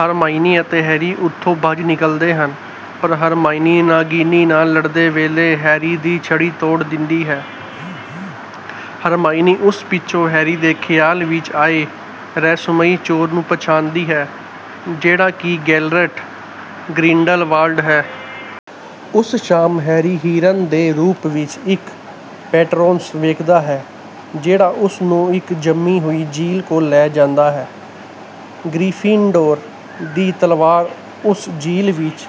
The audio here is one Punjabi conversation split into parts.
ਹਰਮਾਈਨੀ ਅਤੇ ਹੈਰੀ ਉੱਥੋਂ ਭੱਜ ਨਿਕਲਦੇ ਹਨ, ਪਰ ਹਰਮਾਈਨੀ ਨਾਗਿਨੀ ਨਾਲ ਲੜਦੇ ਵੇਲੇ ਹੈਰੀ ਦੀ ਛੜੀ ਤੋੜ ਦਿੰਦੀ ਹੈ। ਹਰਮਾਈਨੀ ਉਸ ਪਿੱਛੋਂ ਹੈਰੀ ਦੇ ਖ਼ਿਆਲ ਵਿੱਚ ਆਏ ਰਹੱਸਮਈ ਚੋਰ ਨੂੰ ਪਛਾਣਦੀ ਹੈ, ਜਿਹੜਾ ਕਿ ਗੈਲਰਟ ਗ੍ਰਿੰਡਲਵਾਲਡ ਹੈ। ਉਸੇ ਸ਼ਾਮ ਹੈਰੀ ਹਿਰਨ ਦੇ ਰੂਪ ਵਿੱਚ ਇੱਕ ਪੈਟਰੋਨਸ ਵੇਖਦਾ ਹੈ, ਜਿਹੜਾ ਉਸ ਨੂੰ ਇੱਕ ਜੰਮੀ ਹੋਈ ਝੀਲ ਕੋਲ ਲੈ ਜਾਂਦਾ ਹੈ। ਗ੍ਰੀਫ਼ਿੰਡੋਰ ਦੀ ਤਲਵਾਰ ਉਸੇ ਝੀਲ ਵਿੱਚ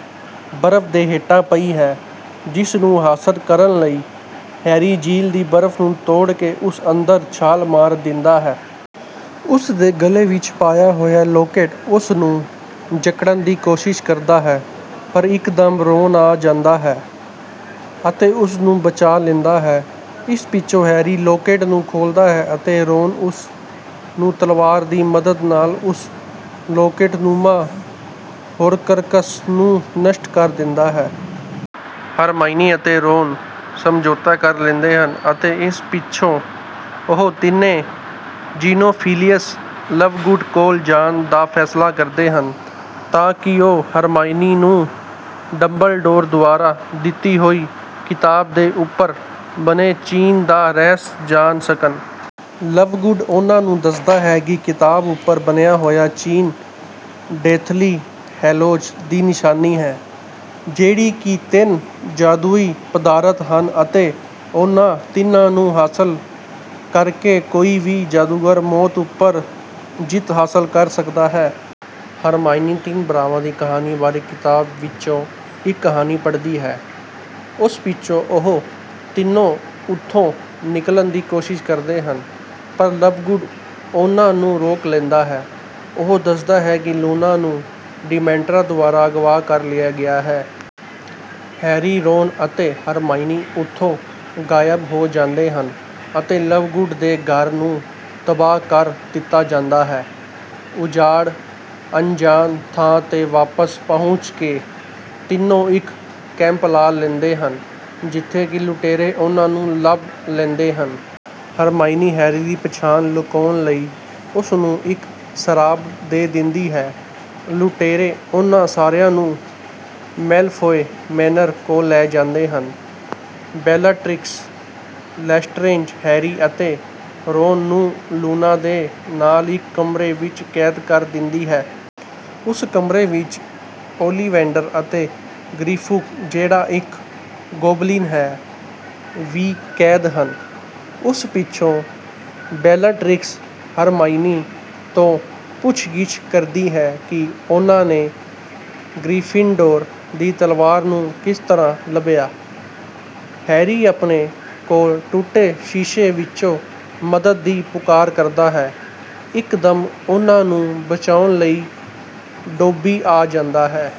ਬਰਫ਼ ਦੇ ਹੇਠਾਂ ਪਈ ਹੈ, ਜਿਸ ਨੂੰ ਹਾਸਲ ਕਰਨ ਲਈ ਹੈਰੀ ਝੀਲ ਦੀ ਬਰਫ਼ ਨੂੰ ਤੋੜ ਕੇ ਉਸ ਅੰਦਰ ਛਾਲ ਮਾਰ ਦਿੰਦਾ ਹੈ। ਉਸ ਦੇ ਗਲੇ ਵਿੱਚ ਪਾਇਆ ਹੋਇਆ ਲੌਕੇਟ ਉਸ ਨੂੰ ਜਕੜਨ ਦੀ ਕੋਸ਼ਿਸ਼ ਕਰਦਾ ਹੈ, ਪਰ ਇੱਕਦਮ ਰੌਨ ਆ ਜਾਂਦਾ ਹੈ ਅਤੇ ਉਸ ਨੂੰ ਬਚਾ ਲੈਂਦਾ ਹੈ। ਇਸ ਪਿੱਛੋਂ ਹੈਰੀ ਲੌਕੇਟ ਨੂੰ ਖੋਲ੍ਹਦਾ ਹੈ ਅਤੇ ਰੌਨ ਉਸ ਨੂੰ ਤਲਵਾਰ ਦੀ ਮਦਦ ਨਾਲ ਉਸ ਲੌਕੇਟਨੁਮਾ ਹੌਰਕ੍ਰਕਸ ਨੂੰ ਨਸ਼ਟ ਕਰ ਦਿੰਦਾ ਹੈ। ਹਰਮਾਈਨੀ ਅਤੇ ਰੌਨ ਸਮਝੌਤਾ ਕਰ ਲੈਂਦੇ ਹਨ ਅਤੇ ਇਸ ਪਿੱਛੋਂ ਉਹ ਤਿੰਨੇ ਜ਼ੀਨੋਫ਼ਿਲਿਅਸ ਲਵਗੁਡ ਕੋਲ ਜਾਣ ਦਾ ਫ਼ੈਸਲਾ ਕਰਦੇ ਹਨ, ਤਾਂ ਕਿ ਉਹ ਹਰਮਾਈਨੀ ਨੂੰ ਡੰਬਲਡੋਰ ਦੁਆਰਾ ਦਿੱਤੀ ਹੋਈ ਕਿਤਾਬ ਦੇ ਉੱਪਰ ਬਣੇ ਚਿੰਨ੍ਹ ਦਾ ਰਹੱਸ ਜਾਣ ਸਕਣ। ਲਵਗੁਡ ਉਹਨਾਂ ਨੂੰ ਦੱਸਦਾ ਹੈ ਕਿ ਕਿਤਾਬ ਉੱਪਰ ਬਣਿਆ ਹੋਇਆ ਚਿੰਨ੍ਹ ਡੈਥਲੀ ਹੈਲੋਜ਼ ਦੀ ਨਿਸ਼ਾਨੀ ਹੈ, ਜਿਹੜੇ ਕਿ ਤਿੰਨ ਜਾਦੂਈ ਪਦਾਰਥ ਹਨ ਅਤੇ ਉਹਨਾਂ ਤਿੰਨਾਂ ਨੂੰ ਹਾਸਲ ਕਰਕੇ ਕੋਈ ਵੀ ਜਾਦੂਗਰ ਮੌਤ ਉੱਪਰ ਜਿੱਤ ਹਾਸਲ ਕਰ ਸਕਦਾ ਹੈ। ਹਰਮਾਈਨੀ ਤਿੰਨ ਭਰਾਵਾਂ ਦੀ ਕਹਾਣੀ ਬਾਰੇ ਕਿਤਾਬ ਵਿੱਚੋਂ ਇੱਕ ਕਹਾਣੀ ਪੜ੍ਹਦੀ ਹੈ। ਉਸ ਪਿੱਛੋਂ ਉਹ ਤਿੰਨੋਂ ਉੱਥੋਂ ਨਿਕਲਣ ਦੀ ਕੋਸ਼ਿਸ਼ ਕਰਦੇ ਹਨ, ਪਰ ਲਵਗੁਡ ਉਹਨਾਂ ਨੂੰ ਰੋਕ ਲੈਂਦਾ ਹੈ। ਉਹ ਦੱਸਦਾ ਹੈ ਕਿ ਲੂਨਾ ਨੂੰ ਡਿਮੈਂਟਰਾਂ ਦੁਆਰਾ ਅਗਵਾ ਕਰ ਲਿਆ ਗਿਆ ਹੈ। ਹੈਰੀ, ਰੌਨ ਅਤੇ ਹਰਮਾਈਨੀ ਉੱਥੋਂ ਗਾਇਬ ਹੋ ਜਾਂਦੇ ਹਨ ਅਤੇ ਲਵਗੁਡ ਦੇ ਘਰ ਨੂੰ ਤਬਾਹ ਕਰ ਦਿੱਤਾ ਜਾਂਦਾ ਹੈ। ਉਜਾੜ ਅਣਜਾਣ ਥਾਂ ਤੇ ਵਾਪਸ ਪਹੁੰਚ ਕੇ, ਤਿੰਨੋਂ ਇੱਕ ਕੈਂਪ ਲਾ ਲੈਂਦੇ ਹਨ, ਜਿੱਥੇ ਕਿ ਲੁਟੇਰੇ ਉਹਨਾਂ ਨੂੰ ਲੱਭ ਲੈਂਦੇ ਹਨ। ਹਰਮਾਈਨੀ ਹੈਰੀ ਦੀ ਪਛਾਣ ਲੁਕਾਉਣ ਲਈ ਉਸ ਨੂੰ ਇੱਕ ਸਰਾਪ ਦੇ ਦਿੰਦੀ ਹੈ। ਲੁਟੇਰੇ ਉਹਨਾਂ ਸਾਰਿਆਂ ਨੂੰ ਮੈਲਫ਼ੌਏ ਮੇਨਰ ਕੋਲ ਲੈ ਜਾਂਦੇ ਹਨ। ਬੈਲਾਟ੍ਰਿਕਸ ਲੈਸਟਰੇਂਜ ਹੈਰੀ ਅਤੇ ਰੌਨ ਨੂੰ ਲੂਨਾ ਦੇ ਨਾਲ ਇੱਕ ਕਮਰੇ ਵਿੱਚ ਕੈਦ ਕਰ ਦਿੰਦੀ ਹੈ। ਉਸ ਕਮਰੇ ਵਿੱਚ ਓਲੀਵੈਂਡਰ ਅਤੇ ਗ੍ਰਿਫੂਕ, ਜਿਹੜਾ ਇੱਕ ਗੌਬਲਿਨ ਹੈ, ਵੀ ਕੈਦ ਹਨ। ਉਸ ਪਿੱਛੋਂ ਬੈਲਾਟ੍ਰਿਕਸ ਹਰਮਾਈਨੀ ਤੋਂ ਪੁੱਛਗਿੱਛ ਕਰਦੀ ਹੈ ਕਿ ਉਹਨਾਂ ਨੇ ਗ੍ਰੀਫ਼ਿੰਡੋਰ ਦੀ ਤਲਵਾਰ ਨੂੰ ਕਿਸ ਤਰ੍ਹਾਂ ਲੱਭਿਆ। ਹੈਰੀ ਆਪਣੇ ਕੋਲ ਟੁੱਟੇ ਸ਼ੀਸ਼ੇ ਵਿੱਚੋਂ ਮਦਦ ਦੀ ਪੁਕਾਰ ਕਰਦਾ ਹੈ। ਇੱਕਦਮ ਉਹਨਾਂ ਨੂੰ ਬਚਾਉਣ ਲਈ ਡੌਬੀ ਆ ਜਾਂਦਾ ਹੈ।